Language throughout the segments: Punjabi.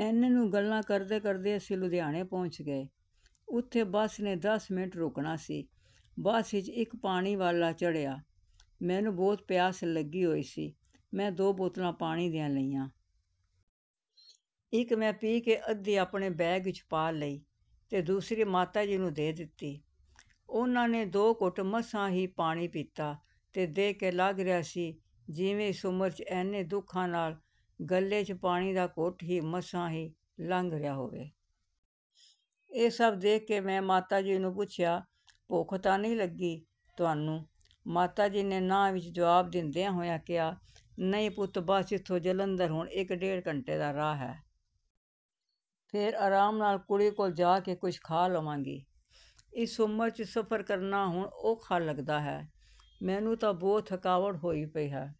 ਐਨੇ ਨੂੰ ਗੱਲਾਂ ਕਰਦੇ-ਕਰਦੇ ਅਸੀਂ ਲੁਧਿਆਣੇ ਪਹੁੰਚ ਗਏ। ਉੱਥੇ ਬੱਸ ਨੇ ਦਸ ਮਿੰਟ ਰੁਕਣਾ ਸੀ। ਬੱਸ ਵਿੱਚ ਇੱਕ ਪਾਣੀ ਵਾਲਾ ਚੜ੍ਹਿਆ। ਮੈਨੂੰ ਬਹੁਤ ਪਿਆਸ ਲੱਗੀ ਹੋਈ ਸੀ। ਮੈਂ ਦੋ ਬੋਤਲਾਂ ਪਾਣੀ ਦੀਆਂ ਲਈਆਂ। ਇੱਕ ਮੈਂ ਪੀ ਕੇ ਅੱਧੀ ਆਪਣੇ ਬੈਗ ਵਿੱਚ ਪਾ ਲਈ ਤੇ ਦੂਸਰੀ ਮਾਤਾ ਜੀ ਨੂੰ ਦੇ ਦਿੱਤੀ। ਉਹਨਾਂ ਨੇ ਦੋ ਘੁੱਟ ਮਸਾਂ ਹੀ ਪਾਣੀ ਪੀਤਾ ਤੇ ਦੇਖ ਕੇ ਲੱਗ ਰਿਹਾ ਸੀ, ਜਿਵੇਂ ਇਸ ਉਮਰ ਵਿੱਚ ਐਨੇ ਦੁੱਖਾਂ ਨਾਲ ਗਲੇ ਵਿੱਚ ਪਾਣੀ ਦਾ ਘੁੱਟ ਵੀ ਮਸਾਂ ਹੀ ਲੰਘ ਰਿਹਾ ਹੋਵੇ। ਇਹ ਸਭ ਦੇਖ ਕੇ ਮੈਂ ਮਾਤਾ ਜੀ ਨੂੰ ਪੁੱਛਿਆ, "ਭੁੱਖ ਤਾਂ ਨਹੀਂ ਲੱਗੀ ਤੁਹਾਨੂੰ?" ਮਾਤਾ ਜੀ ਨੇ ਨਾ ਵਿੱਚ ਜਵਾਬ ਦਿੰਦਿਆਂ ਹੋਇਆ ਕਿਹਾ, "ਨਹੀਂ ਪੁੱਤ, ਬਸ ਇੱਥੋਂ ਜਲੰਧਰ ਹੁਣ ਇੱਕ-ਡੇਢ ਘੰਟੇ ਦਾ ਰਾਹ ਹੈ। ਫੇਰ ਆਰਾਮ ਨਾਲ ਕੁੜੀ ਕੋਲ ਜਾ ਕੇ ਕੁਝ ਖਾ ਲਵਾਂਗੀ। ਇਸ ਉਮਰ ਵਿੱਚ ਸਫ਼ਰ ਕਰਨਾ ਹੁਣ ਔਖਾ ਲੱਗਦਾ ਹੈ। ਮੈਨੂੰ ਤਾਂ ਬਹੁਤ ਥਕਾਵਟ ਹੋਈ ਪਈ ਹੈ।"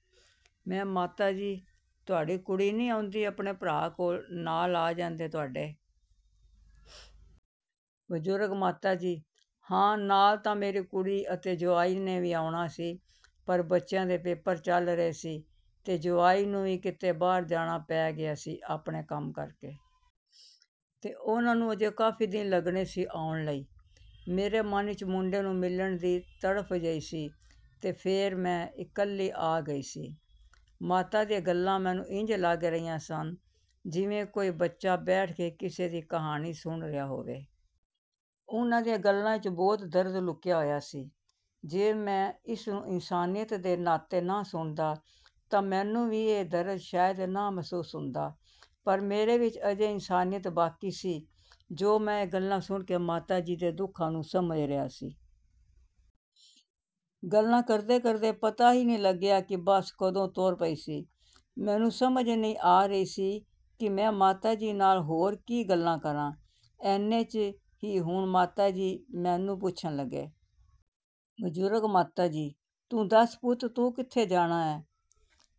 ਮੈਂ: "ਮਾਤਾ ਜੀ, ਤੁਹਾਡੀ ਕੁੜੀ ਨਹੀਂ ਆਉਂਦੀ ਆਪਣੇ ਭਰਾ ਕੋਲ ਨਾਲ ਆ ਜਾਂਦੇ ਤੁਹਾਡੇ?" ਬਜ਼ੁਰਗ ਮਾਤਾ ਜੀ: "ਹਾਂ, ਨਾਲ ਤਾਂ ਮੇਰੀ ਕੁੜੀ ਅਤੇ ਜਵਾਈ ਨੇ ਵੀ ਆਉਣਾ ਸੀ, ਪਰ ਬੱਚਿਆਂ ਦੇ ਪੇਪਰ ਚੱਲ ਰਹੇ ਸੀ ਤੇ ਜਵਾਈ ਨੂੰ ਵੀ ਕਿਤੇ ਬਾਹਰ ਜਾਣਾ ਪੈ ਗਿਆ ਸੀ ਆਪਣੇ ਕੰਮ ਕਰਕੇ। ਤੇ ਉਹਨਾਂ ਨੂੰ ਅਜੇ ਕਾਫ਼ੀ ਦਿਨ ਲੱਗਣੇ ਸੀ ਆਉਣ ਲਈ। ਮੇਰੇ ਮਨ ਵਿੱਚ ਮੁੰਡੇ ਨੂੰ ਮਿਲਣ ਦੀ ਤੜਫ਼ ਜਿਹੀ ਸੀ ਤੇ ਫੇਰ ਮੈਂ ਇਕੱਲੀ ਆ ਗਈ ਸੀ।" ਮਾਤਾ ਦੀਆਂ ਗੱਲਾਂ ਮੈਨੂੰ ਇੰਝ ਲੱਗ ਰਹੀਆਂ ਸਨ, ਜਿਵੇਂ ਕੋਈ ਬੱਚਾ ਬੈਠ ਕੇ ਕਿਸੇ ਦੀ ਕਹਾਣੀ ਸੁਣ ਰਿਹਾ ਹੋਵੇ। ਉਹਨਾਂ ਦੀਆਂ ਗੱਲਾਂ ਵਿੱਚ ਬਹੁਤ ਦਰਦ ਲੁਕਿਆ ਹੋਇਆ ਸੀ। ਜੇ ਮੈਂ ਇਸਨੂੰ ਇਨਸਾਨੀਅਤ ਦੇ ਨਾਤੇ ਨਾ ਸੁਣਦਾ ਤਾਂ ਮੈਨੂੰ ਵੀ ਇਹ ਦਰਦ ਸ਼ਾਇਦ ਨਾ ਮਹਿਸੂਸ ਹੁੰਦਾ। ਪਰ ਮੇਰੇ ਵਿੱਚ ਅਜੇ ਇਨਸਾਨੀਅਤ ਬਾਕੀ ਸੀ, ਜੋ ਮੈਂ ਇਹ ਗੱਲਾਂ ਸੁਣ ਕੇ ਮਾਤਾ ਜੀ ਦੇ ਦੁੱਖਾਂ ਨੂੰ ਸਮਝ ਰਿਹਾ ਸੀ। ਗੱਲਾਂ ਕਰਦੇ-ਕਰਦੇ ਪਤਾ ਹੀ ਨਹੀਂ ਲੱਗਿਆ ਕਿ ਬੱਸ ਕਦੋਂ ਤੁਰ ਪਈ ਸੀ। ਮੈਨੂੰ ਸਮਝ ਨਹੀਂ ਆ ਰਹੀ ਸੀ ਕਿ ਮੈਂ ਮਾਤਾ ਜੀ ਨਾਲ ਹੋਰ ਕੀ ਗੱਲਾਂ ਕਰਾਂ। ਐਨੇ ਚ ਹੀ ਹੁਣ ਮਾਤਾ ਜੀ ਮੈਨੂੰ ਪੁੱਛਣ ਲੱਗੇ। ਬਜ਼ੁਰਗ ਮਾਤਾ ਜੀ: "ਤੂੰ ਦੱਸ ਪੁੱਤ, ਤੂੰ ਕਿੱਥੇ ਜਾਣਾ ਹੈ?"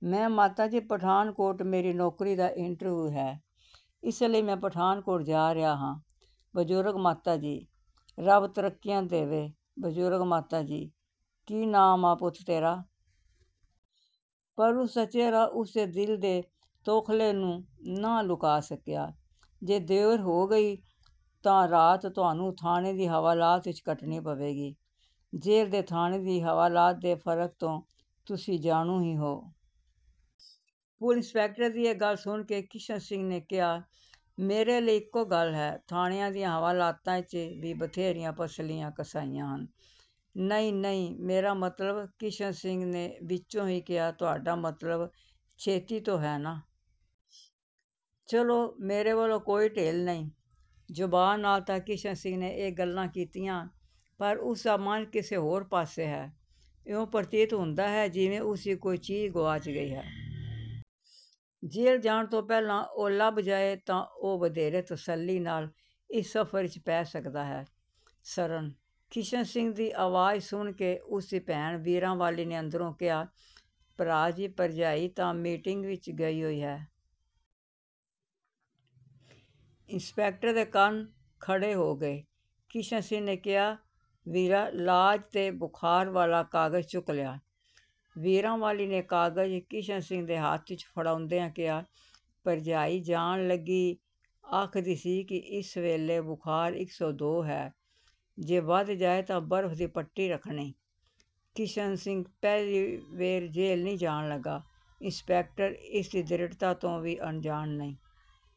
ਮੈਂ: "ਮਾਤਾ ਜੀ, ਪਠਾਨਕੋਟ ਮੇਰੀ ਨੌਕਰੀ ਦਾ ਇੰਟਰਵਿਊ ਹੈ। ਇਸ ਲਈ ਮੈਂ ਪਠਾਨਕੋਟ ਜਾ ਰਿਹਾ ਹਾਂ।" ਬਜ਼ੁਰਗ ਮਾਤਾ ਜੀ: "ਰੱਬ ਤਰੱਕੀਆਂ ਦੇਵੇ।" ਬਜ਼ੁਰਗ ਮਾਤਾ ਜੀ: "ਕੀ ਨਾਮ ਆ ਪੁੱਤ ਤੇਰਾ?" ਪਰ ਉਸ ਦਾ ਚਿਹਰਾ ਉਸ ਦੇ ਦਿਲ ਦੇ ਤੌਖ਼ਲੇ ਨੂੰ ਨਾ ਲੁਕਾ ਸਕਿਆ। "ਜੇ ਦੇਰ ਹੋ ਗਈ ਤਾਂ ਰਾਤ ਤੁਹਾਨੂੰ ਥਾਣੇ ਦੀ ਹਵਾਲਾਤ ਵਿੱਚ ਕੱਟਣੀ ਪਵੇਗੀ। ਜੇਲ੍ਹ ਤੇ ਥਾਣੇ ਦੀ ਹਵਾਲਾਤ ਦੇ ਫ਼ਰਕ ਤੋਂ ਤੁਸੀਂ ਜਾਣੂ ਹੀ ਹੋ।" ਪੁਲਿਸ ਇੰਸਪੈਕਟਰ ਦੀ ਇਹ ਗੱਲ ਸੁਣ ਕੇ ਕਿਸ਼ਨ ਸਿੰਘ ਨੇ ਕਿਹਾ, "ਮੇਰੇ ਲਈ ਇੱਕੋ ਗੱਲ ਹੈ, ਥਾਣਿਆਂ ਦੀਆਂ ਹਵਾਲਾਤਾਂ ਵਿੱਚ ਵੀ ਬਥੇਰੀਆਂ ਪਸਲੀਆਂ ਘਸਾਈਆਂ ਹਨ।" "ਨਹੀਂ, ਨਹੀਂ, ਮੇਰਾ ਮਤਲਬ…" ਕਿਸ਼ਨ ਸਿੰਘ ਨੇ ਵਿਚੋਂ ਹੀ ਕਿਹਾ, "ਤੁਹਾਡਾ ਮਤਲਬ ਛੇਤੀ ਤੋਂ ਹੈ ਨਾ? ਚੱਲੋ, ਮੇਰੇ ਵੱਲੋਂ ਕੋਈ ਢਿੱਲ ਨਹੀਂ।" ਜ਼ਬਾਨ ਨਾਲ ਤਾਂ ਕਿਸ਼ਨ ਸਿੰਘ ਨੇ ਇਹ ਗੱਲਾਂ ਕੀਤੀਆਂ, ਪਰ ਉਸ ਦਾ ਮਨ ਕਿਸੇ ਹੋਰ ਪਾਸੇ ਹੈ। ਇਉਂ ਪ੍ਰਤੀਤ ਹੁੰਦਾ ਹੈ, ਜਿਵੇਂ ਉਸ ਦੀ ਕੋਈ ਚੀਜ਼ ਗੁਆਚ ਗਈ ਹੈ। ਜੇਲ੍ਹ ਜਾਣ ਤੋਂ ਪਹਿਲਾਂ ਉਹ ਲੱਭ ਜਾਏ ਤਾਂ ਉਹ ਵਧੇਰੇ ਤਸੱਲੀ ਨਾਲ ਇਸ ਸਫ਼ਰ ਵਿੱਚ ਪੈ ਸਕਦਾ ਹੈ। "ਸਰਨ।" ਕਿਸ਼ਨ ਸਿੰਘ ਦੀ ਆਵਾਜ਼ ਸੁਣ ਕੇ ਉਸ ਦੀ ਭੈਣ ਵੀਰਾਂਵਾਲੀ ਨੇ ਅੰਦਰੋਂ ਕਿਹਾ, "ਭਰਾ ਜੀ, ਭਰਜਾਈ ਤਾਂ ਮੀਟਿੰਗ ਵਿੱਚ ਗਈ ਹੋਈ ਹੈ।" ਇੰਸਪੈਕਟਰ ਦੇ ਕੰਨ ਖੜ੍ਹੇ ਹੋ ਗਏ। ਕਿਸ਼ਨ ਸਿੰਘ ਨੇ ਕਿਹਾ, "ਵੀਰਾਂ, ਲਾਜ ਦੇ ਬੁਖ਼ਾਰ ਵਾਲਾ ਕਾਗਜ਼ ਚੁੱਕ ਲਿਆ।" ਵੀਰਾਂਵਾਲੀ ਨੇ ਕਾਗਜ਼ ਕਿਸ਼ਨ ਸਿੰਘ ਦੇ ਹੱਥ ਵਿੱਚ ਫੜਾਉਂਦਿਆਂ ਕਿਹਾ, "ਭਰਜਾਈ ਜਾਣ ਲੱਗੀ ਆਖਦੀ ਸੀ ਕਿ ਇਸ ਵੇਲੇ ਬੁਖਾਰ ਇੱਕ ਸੋ ਦੋ ਹੈ, ਜੇ ਵਧ ਜਾਏ ਤਾਂ ਬਰਫ਼ ਦੀ ਪੱਟੀ ਰੱਖਣੀ।" ਕਿਸ਼ਨ ਸਿੰਘ ਪਹਿਲੀ ਵੇਰ ਜੇਲ੍ਹ ਨਹੀਂ ਜਾਣ ਲੱਗਾ। ਇੰਸਪੈਕਟਰ ਇਸ ਦੀ ਦ੍ਰਿੜ੍ਹਤਾ ਤੋਂ ਵੀ ਅਣਜਾਣ ਨਹੀਂ।